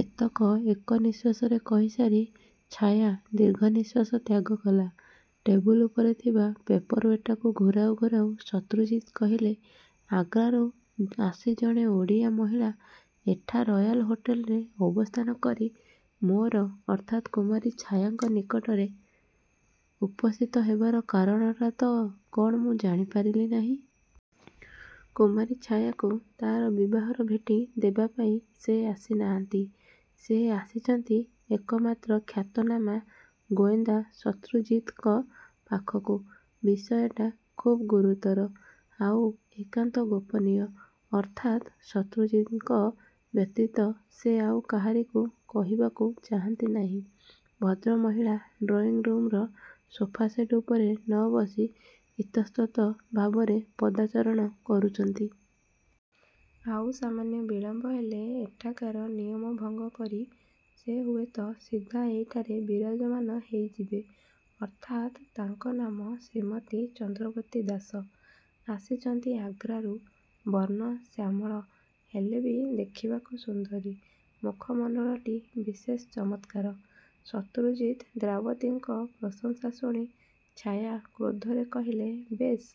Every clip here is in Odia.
ଏତକ ଏକନିଶ୍ୱାସରେ କହିସାରି ଛାୟା ଦୀର୍ଘ ନିଶ୍ୱାସ ତ୍ୟାଗ କଲା। ଟେବୁଲ ଉପରେ ଥିବା ପେପରଓ୍ୱେଟ୍ଟାକୁ ଘୁରାଉ ଘୁରାଉ ଶତ୍ରୁଜିତ୍ କହିଲେ । ଆଗ୍ରାରୁ ଆସି ଜଣେ ଓଡ଼ିଆ ମହିଳା ଏଠା ରୟଲ ହୋଟେଲରେ ଅବସ୍ଥାନ କରି ମୋର ଅର୍ଥାତ୍ କୁମାରୀ ଛାୟାଙ୍କ ନିକଟରେ ଉପସ୍ଥିତ ହେବାର କାରଣଟା ତ କଣ ମୁଁ ଜାଣିପାରିଲି ନାହିଁ? କୁମାରୀ ଛାୟାକୁ ତା'ର ବିବାହର ଭେଟି ଦେବାପାଇଁ ସେ ଆସିନାହାନ୍ତି। ସେ ଆସିଛନ୍ତି ଏକମାତ୍ର ଖ୍ୟାତନାମା ଗୋଏନ୍ଦା ଶତ୍ରୁଜିତଙ୍କ ପାଖକୁ। ବିଷୟଟା ଖୁବ୍ ଗୁରୁତର। ଆଉ ଏକାନ୍ତ ଗୋପନୀୟ। ଅର୍ଥାତ୍ ଶତ୍ରୁଜିତଙ୍କ ବ୍ୟତୀତ ସେ ଆଉ କାହାରିକୁ କହିବାକୁ ଚାହାନ୍ତି ନାହିଁ। ଭଦ୍ରମହିଳା ଡ୍ରଇଂ ରୁମର ସୋଫାସେଟ ଉପରେ ନ ବସି ଇତସ୍ତତଃ ଭାବରେ ପଦଚାରଣା କରୁଛନ୍ତି । ଆଉ ସାମାନ୍ୟ ବିଳମ୍ବ ହେଲେ ଏଠାକାର ନିୟମ ଭଙ୍ଗ କରି ସେ ହୁଏତ ସିଧା ଏଇଠାରେ ବିରାଜମାନ ହେଇଯିବେ। ଅର୍ଥାତ୍ ତାଙ୍କ ନାମ ଶ୍ରୀମତୀ ଚନ୍ଦ୍ରବତୀ ଦାସ। ଆସିଛନ୍ତି ଆଗ୍ରାରୁ ବର୍ଣ୍ଣ ଶ୍ୟାମଳ ହେଲେ ବି ଦେଖିବାକୁ ସୁନ୍ଦରୀ। ମୁଖମଣ୍ତଳଟି ବିଶେଷ ଚମତ୍କାର। ଶତ୍ରୁଜିତ୍ ନ୍ଦ୍ରାବତୀଙ୍କ ପ୍ରଶଂସା ଶୁଣି ଛାୟା କ୍ରୋଧରେ କହିଲା ବେଶ୍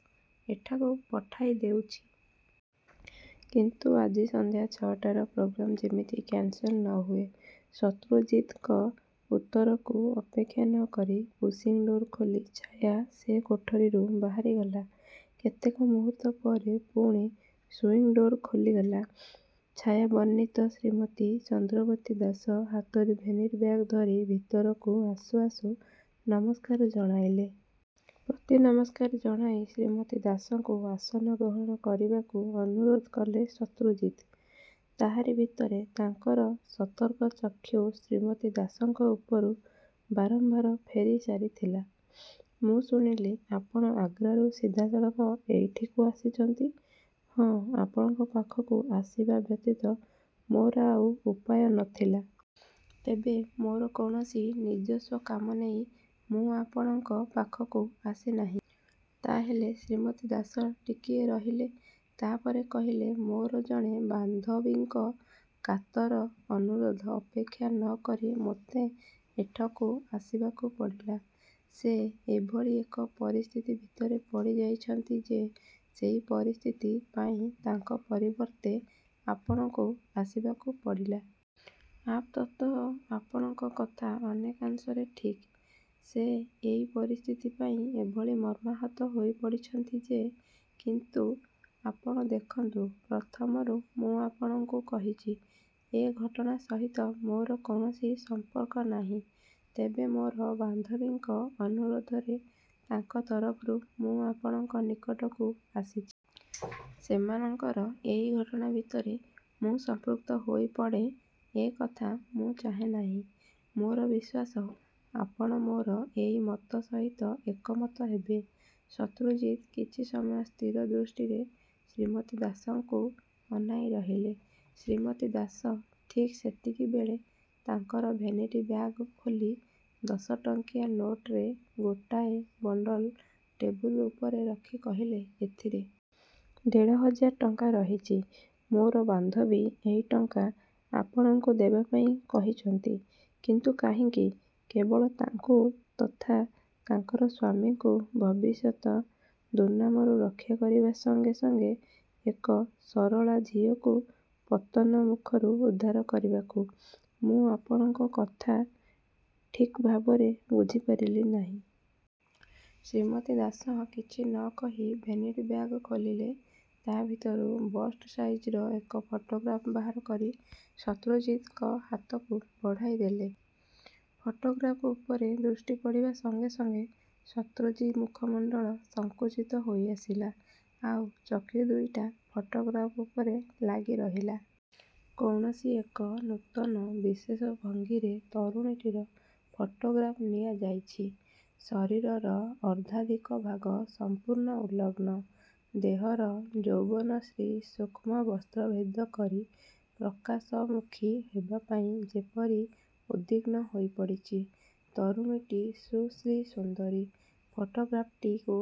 ଏଠାକୁ ପଠାଇ ଦେଉଛି। କିନ୍ତୁ ଆଜି ସନ୍ଧ୍ୟା ଛଅଟାର ପ୍ରୋଗ୍ରାମ ଯେମିତି କାନସେଲ ନ ହୁଏ! ଶତ୍ରୁଜିତଙ୍କ ଉତ୍ତରକୁ ଅପେକ୍ଷା ନ କରି ପୁସିଙ୍ଗ୍ ଡୋର ଖୋଲି ଛାୟା ସେ କୋଠରିରୁ ବାହାରିଗଲା। କେତେକ ମୁହୂର୍ତ୍ତ ପରେ ପୁଣି ସୁଇଂ ଡୋର ଖୋଲିଗଲା। ଛାୟାବର୍ଣ୍ଣିତ ଶ୍ରୀମତୀ ଚନ୍ଦ୍ରବତୀ ଦାସ ହାତରେ ଭେନିଟି ବ୍ୟାଗ ଧରି ଭିତରକୁ ଆସୁ ଆସୁ ନମସ୍କାର ଜଣାଇଲେ। ପ୍ରତିନମସ୍କାର ଜଣାଇ ଶ୍ରୀମତୀ ଦାସଙ୍କୁ ଆସନ ଗ୍ରହଣ କରିବାକୁ ଅନୁରୋଧ କଲେ ଶତ୍ରୁଜିତ୍। ତାହାରି ଭିତରେ ତାଙ୍କର ସତର୍କ ଚକ୍ଷୁ ଶ୍ରୀମତୀ ଦାସଙ୍କ ଉପରୁ ବାରମ୍ବାର ଫେରିସାରିଥିଲା। ମୁଁ ଶୁଣିଲି, ଆପଣ ଆଗ୍ରାରୁ ସିଧାସଳଖ ଏଇଠିକୁ ଆସିଛନ୍ତି? ହଁ, ଆପଣଙ୍କ ପାଖକୁ ଆସିବା ବ୍ୟତୀତ ମୋର ଆଉ ଉପାୟ ନ ଥିଲା। ତେବେ ମୋର କୌଣସି ନିଜସ୍ୱ କାମ ନେଇ ମୁଁ ଆପଣଙ୍କ ପାଖକୁ ଆସିନାହିଁ। ତା ହେଲେ ଶ୍ରୀମତୀ ଦାସ ଟିକିଏ ରହିଲେ। ତା ପରେ କହିଲେ ମୋର ଜଣେ ବାନ୍ଧବୀଙ୍କ କାତର ଅନୁରୋଧ ଅପେକ୍ଷା ନ କରି ମୋତେ ଏଠକୁ ଆସିବାକୁ ପଡ଼ିଲା। ସେ ଏଭଳି ଏକ ପରିସ୍ଥିତି ଭିତରେ ପଡ଼ିଯାଇଛନ୍ତି ଯେ ସେଇ ପରିସ୍ଥିତି ପାଇଁ ତାଙ୍କ ପରିବର୍ତ୍ତେ ଆପଣଙ୍କୁ ଆସିବାକୁ ପଡ଼ିଲା? ଆପ ତତଃ ଆପଣଙ୍କ କଥା ଅନେକାଂଶରେ ଠିକ୍। ସେ ଏଇ ପରିସ୍ଥିତି ପାଇଁ ଏଭଳି ମର୍ମାହତ ହୋଇପଡ଼ିଛନ୍ତି ଯେ କିନ୍ତୁ ଆପଣ ଦେଖନ୍ତୁ, ପ୍ରଥମରୁ ମୁଁ ଆପଣଙ୍କୁ କହୁଛି ।ଏ ଘଟଣା ସହିତ ମୋର କୌଣସି ସମ୍ପର୍କ ନାହିଁ। ତେବେ ମୋର ବାନ୍ଧବୀଙ୍କ ଅନୁରୋଧରେ ତାଙ୍କ ତରଫରୁ ମୁଁ ଆପଣଙ୍କ ନିକଟକୁ ଆସିଛି। ସେମାନଙ୍କର ଏଇ ଘଟଣା ଭିତରେ ମୁଁ ସଂପୃକ୍ତ ହୋଇପଡ଼େଁ ଏ କଥା ମୁଁ ଚାହେ ନାହିଁ। ମୋର ବିଶ୍ୱାସ, ଆପଣ ମୋର ଏଇ ମତ ସହିତ ଏକମତ ହେବେ। ଶତ୍ରୁଜିତ୍ କିଛି ସମୟ ସ୍ଥିର ଦୃଷ୍ଟିରେ ଶ୍ରୀମତୀ ଦାସଙ୍କୁ ଅନାଇ ରହିଲେ। ଶ୍ରୀମତୀ ଦାସ ଠିକ୍ ସେତିକିବେଳେ ତାଙ୍କର ଭେନିଟି ବ୍ୟାଗ ଖୋଲି ଦଶଟଙ୍କିଆ ନୋଟରେ ଗୋଟାଏ ବଣ୍ତଲ ଟେବୁଲ ଉପରେ ରଖି କହିଲେ ।ଏଥିରେ ଦେଢ଼ହଜାର ଟଙ୍କା ରହିଛି। ମୋର ବାନ୍ଧବୀ ଏଇ ଟଙ୍କା ଆପଣଙ୍କୁ ଦେବାପାଇଁ କହିଛନ୍ତି। କିନ୍ତୁ କାହିଁକି? କେବଳ ତାଙ୍କୁ ତଥା ତାଙ୍କର ସ୍ୱାମୀଙ୍କୁ ଭବିଷ୍ୟତ ଦୁର୍ନାମରୁ ରକ୍ଷା କରିବା ସଙ୍ଗେ ସଙ୍ଗେ ଏକ ସରଳା ଝିଅକୁ ପତନ ମୂଖରୁ ଉଦ୍ଧାର କରିବାକୁ। ମୁଁ ଆପଣଙ୍କ କଥା ଠିକ୍ଭାବରେ ବୁଝିପାରିଲି ନାହିଁ। ଶ୍ରୀମତୀ ଦାସ କିଛି ନ କହି ଭେନିଟି ବ୍ୟାଗ ଖୋଲିଲେ। ତା ଭିତରୁ ବଷ୍ଟ୍ ସାଇଜର ଏକ ଫଟୋଗ୍ରାଫ୍ ବାହାରକରି ଶତ୍ରୁଜିତଙ୍କ ହାତକୁ ବଢ଼ାଇଦେଲେ। ଫଟୋଗ୍ରାଫ୍ ଉପରେ ଦୃଷ୍ଟି ପଡ଼ିବା ସଙ୍ଗେ ସଙ୍ଗେ ସତ୍ରୁଜିତ୍ମୂଖମଣ୍ତଳ ସଂକୁଚିତ ।ହୋଇଆସିଲା। ଆଉ ଚକ୍ଷୁ ଦୁଇଟା ଫଟୋଗ୍ରାଫ୍ ଉପରେ ଲାଗିରହିଲା। କୌଣସି ଏକ ନୂତନ ବିଶେଷ ଭଙ୍ଗୀରେ ତରୁଣୀଟିର ଫଟୋଗ୍ରାଫ୍ ନିଆଯାଇଛି। ଶରୀରର ଅର୍ଦ୍ଧାଧିକ ଭାଗ ସମ୍ପୂର୍ଣ୍ଣ ଉଲଗ୍ନ। ଦେହର ଯୌବନଶ୍ରୀ ସୂକ୍ଷ୍ମ ବସ୍ତ୍ର ଭେଦ କରି ପ୍ରକାଶମୂଖୀ ହେବାପାଇଁ ଯେପରି ଉଦ୍ବିଘ୍ନ ହୋଇପଡ଼ିଛି। ତରୁଣୀଟି ସୁଶ୍ରୀସୁନ୍ଦରୀ। ଫଟୋଗ୍ରାଫ୍ଟିକୁ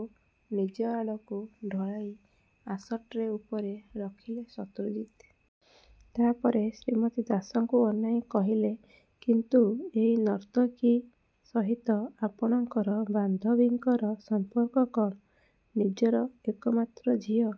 ନିଜଆଡ଼କୁ ଢଳାଇ ଆସଟ୍ରେ ଉପରେ ରଖିଲେ ଶତ୍ରୁଜିତ୍। ତା ପରେ ଶ୍ରୀମତୀ ଦାସଙ୍କୁ ଅନାଇ କହିଲେ—କିନ୍ତୁ ଏଇ ନର୍ତ୍ତକୀ ସହିତ ଆପଣଙ୍କର ବାନ୍ଧବୀଙ୍କର ସମ୍ପର୍କ କଣ? ନିଜର ଏକମାତ୍ର ଝିଅ।